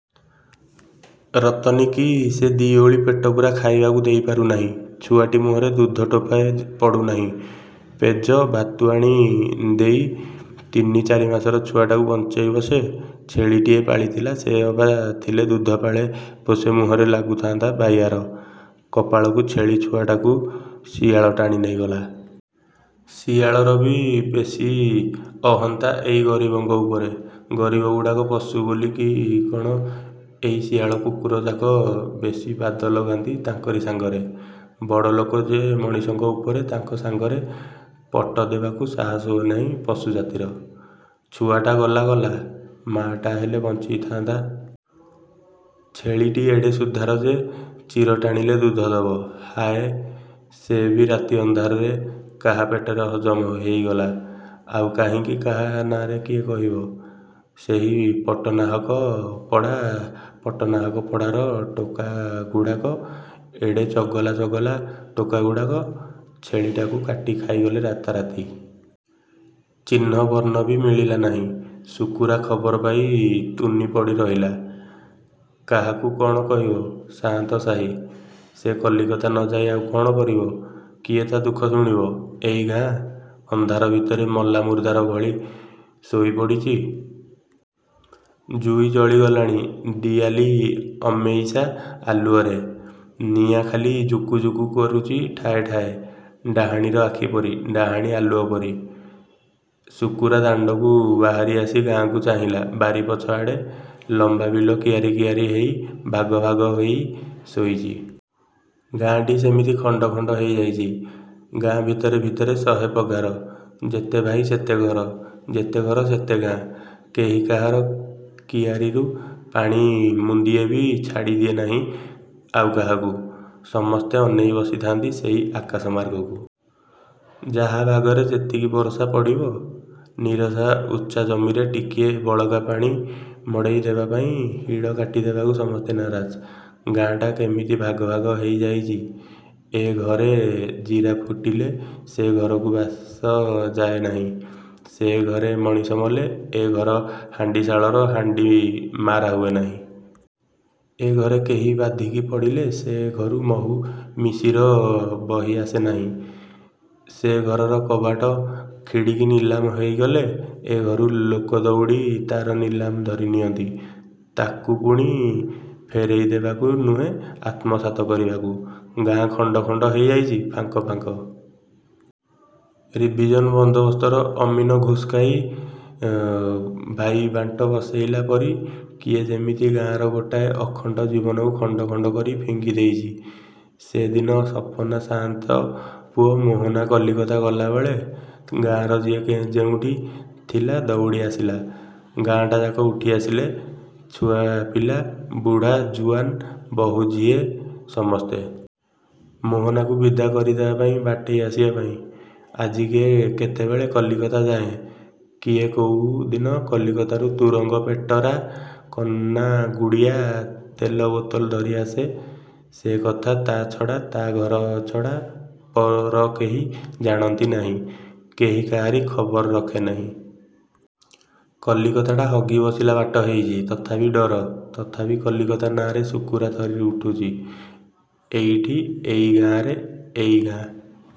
ରତନୀକି ସେ ଦି'ଓଳି ପେଟପୂରା ଖାଇବାକୁ ଦେଇପାରୁନାହିଁ। ଛୁଆଟି ମୁହଁରେ ଦୁଧ ଟୋପାଏ ପଡ଼ୁନାହିଁ। ପେଯ, ଭାତୁଆଣି ଦେଇ ତିନି ଚାରିମାସର ଛୁଆଟାକୁ ବଞ୍ଚେଇବ ସେ? ଛେଳିଟିଏ ପାଳିଥିଲା ସେ ଅବା ଥିଲେ ଦୁଧ ପଳେ ପୋଷେ ମୁହଁରେ ଲାଗୁଥାନ୍ତା ବାଇଆର। କପାଳକୁ ଛେଳି ଛୁଆଟାକୁ ଶିଆଳ ଟାଣି ନେଇଗଲା। ଶିଆଳରବି ବେଶି ଅହନ୍ତା ଏଇ ଗରିବଙ୍କ ଉପରେ। ଗରିବଗୁଡ଼ାକ ପଶୁ ବୋଲି କି କ'ଣ ଏଇ ଶିଆଳ କୁକୁରଯାକ ବେଶି ବାଦ ଲଗାନ୍ତି ତାଙ୍କରି ସାଙ୍ଗରେ। ବଡ଼ଲୋକ ଯେ ମଣିଷଙ୍କ ଉପରେ, ତାଙ୍କ ସାଙ୍ଗରେ ପଟ ଦେବାକୁ ସାହସ ହୁଏ ନାହିଁ ପଶୁ ଜାତିର। ଛୁଆଟା ଗଲା ଗଲା, ମାଟା ହେଲେ ବଞ୍ଚି ଥାଆନ୍ତା। ଛେଳିଟି ଏଡ଼େ ସୁଧାର ଯେ ଚିର ଟାଣିଲେ ଦୁଧ ଦବ। ହାୟ, ସେ ବି ରାତି ଅନ୍ଧାରରେ କାହା ପେଟରେ ହଜମ ହେଇଗଲା। ଆଉ କାହିଁକି କାହା ନାଆଁରେ କିଏ କହିବ! ସେହି ପଟ୍ଟନାହାକ ପଡ଼ା ପଟ୍ଟନାହାକପଡ଼ାର ଟୋକାଗୁଡ଼ାକ ଏଡ଼େ ଚଗଲା ଚଗଲା ଟୋକାଗୁଡ଼ାକ ଛେଳିଟାକୁ କାଟି ଖାଇଗଲେ ରାତାରାତି। ଚିହ୍ନବର୍ଣ୍ଣବି ମିଳିଲା ନାହିଁ। ଶୁକୁରା ଖବର ପାଇ ତୁନି ପଡ଼ି ରହିଲା। କାହାକୁ କ'ଣ କହିବ? ସାଆନ୍ତ ସାହି। ସେ କଲିକତା ନ ଯାଇ ଆଉ କ'ଣ କରିବ? କିଏ ତା' ଦୁଃଖ ଶୁଣିବ? ଏଇ ଗାଁ। ଅନ୍ଧାର ଭିତରେ ମଲା ମୁର୍ଦାର ଭଳି ଶୋଇ ପଡ଼ିଚି। ଜୁଇ ଜଳି ଗଲାଣି ଦିଆଲି ଅମେଇସା ଆଲୁଅରେ। ନିଆଁ ଖାଲି ଜୁକୁଜୁକୁ କରୁଛି ଠାଏ ଠାଏ, ଡାହାଣୀର ଆଖି ପରି, ଡାହାଣୀ ଆଲୁଅ ପରି। ଶୁକୁରା ଦାଣ୍ଡକୁ ବାହାରି ଆସି ଗାଁକୁ ଚାହିଁଲା। ବାରିପଛ ଆଡ଼େ ଲମ୍ୱା ବିଲ କିଆରି କିଆରି ହେଇ ଭାଗ ଭାଗ ହେଇ ଶୋଇଛି। ଗାଁଟାବି ସେମିତି ଖଣ୍ଡ ଖଣ୍ଡ ହେଇ ଯାଇଛି। ଗାଁ ଭିତରେ ଭିତରେ ଶହେ ପଘାର। ଯେତେ ଭାଇ ସେତେ ଘର। ଯେତେ ଘର ସେତେ ଗାଁ। କେହି କାହାର କିଆରିରୁ ପାଣି ମୁନ୍ଦିଏବି ଛାଡ଼ିଦିଏ ନାହିଁ ଆଉ କାହାକୁ। ସମସ୍ତେ ଅନେଇ ବସିଥାନ୍ତି ସେଇ ଆକାଶ ମାର୍ଗକୁ। ଯାହା ଭାଗରେ ଯେତିକି ବରଷା ପଡ଼ିବ। ନିରସା ଉଚ୍ଚା ଜମିରେ ଟିକିଏ ବଳକାପାଣି ମଡ଼େଇ ଦେବାପାଇଁ ହିଡ଼କାଟିଦେବାକୁ ସମସ୍ତେ ନାରାଜ। ଗାଁଟା କେମିତି ଭାଗ ଭାଗ ହେଇ ଯାଇଛି। ଏ ଘରେ ଜିରା ଫୁଟିଲେ ସେ ଘରକୁ ବାସ ଯାଏଁ ନାହିଁ। ସେ ଘରେ ମଣିଷ ମଲେ ଏ ଘର ହାଣ୍ଡିଶାଳର ହାଣ୍ଡି ମାରା ହୁଏ ନାହିଁ। ଏ ଘରେ କେହି ବାଧିକି ପଡ଼ିଲେ ସେ ଘରୁ ମହୁ ମିଶିର ବହି ଆସେ ନାହିଁ। ସେ ଘରର କବାଟ ଖିଡ଼ିକି ନିଲାମ ହେଇଗଲେ ଏଘରୁ ଲୋକଦଉଡ଼ି ତା'ର ନିଲାମ ଧରି ନିଅନ୍ତି, ତାକୁ ପୁଣି ଫେରେଇ ଦେବାକୁ ନୁହେଁ ଆତ୍ମସାତ କରିବାକୁ। ଗାଁ ଖଣ୍ଡଖଣ୍ଡ ହେଇ ଯାଇଛି–ଫାଙ୍କଫାଙ୍କ! ରିଭିଜନ ବନ୍ଦୋବସ୍ତର ଅମିନ ଘୁଷ୍ଖାଇ ଭାଇ ବାଣ୍ଟ ବସେଇଲା ପରି କିଏ ଯେମିତି ଗାଁର ଗୋଟାଏ ଅଖଣ୍ଡ ଜୀବନକୁ ଖଣ୍ଡଖଣ୍ଡ କରି ଫିଙ୍ଗି ଦେଇଛି। ସେ ଦିନ ସପନା ସାଆନ୍ତ ପୁଅ ମୋହନା କଲିକତା ଗଲାବେଳେ ଗାଁରେ ଯିଏ ଯେଉଁଠି ଥିଲା ଦଉଡ଼ି ଆସିଲା। ଗାଁଟାଯାକ ଉଠି ଆସିଲେ, ଛୁଆପିଲା ବୁଢ଼ା ଜୁଆନ୍ ବହୂଝିଏ ସମସ୍ତେ। ମୋହନାକୁ ବିଦା କରିଦେବା ପାଇଁ ବାଟେଇ ଆସିବାପାଇଁ, ଆଜି କିଏ କେତେବେଳେ କଲିକତା ଯାଏଁ, କିଏ କୋଉଦିନ କଲିକତାରୁ ତୁରଙ୍ଗ ପେଟରା କନାଗୁଡ଼ିଆ ତେଲବୋତଲ ଧରି ଆସେ ସେ କଥା ତା' ଛଡ଼ା ତା' ଘର ଛଡ଼ା ପର କେହି ଜାଣନ୍ତି ନାହିଁ। କେହି କାହାରି ଖବର ରଖେ ନାହିଁ। କଲିକତାଟା ହଗିବସିଲା ବାଟ ହେଇଚି। ତଥାପି ଡର। ତଥାପି କଲିକତା ନାଆଁରେ ଶୁକୁରା ଥରି ଉଠୁଛି। ଏଇଠି ଏଇ ଗାଁରେ ଏଇ ଗାଁ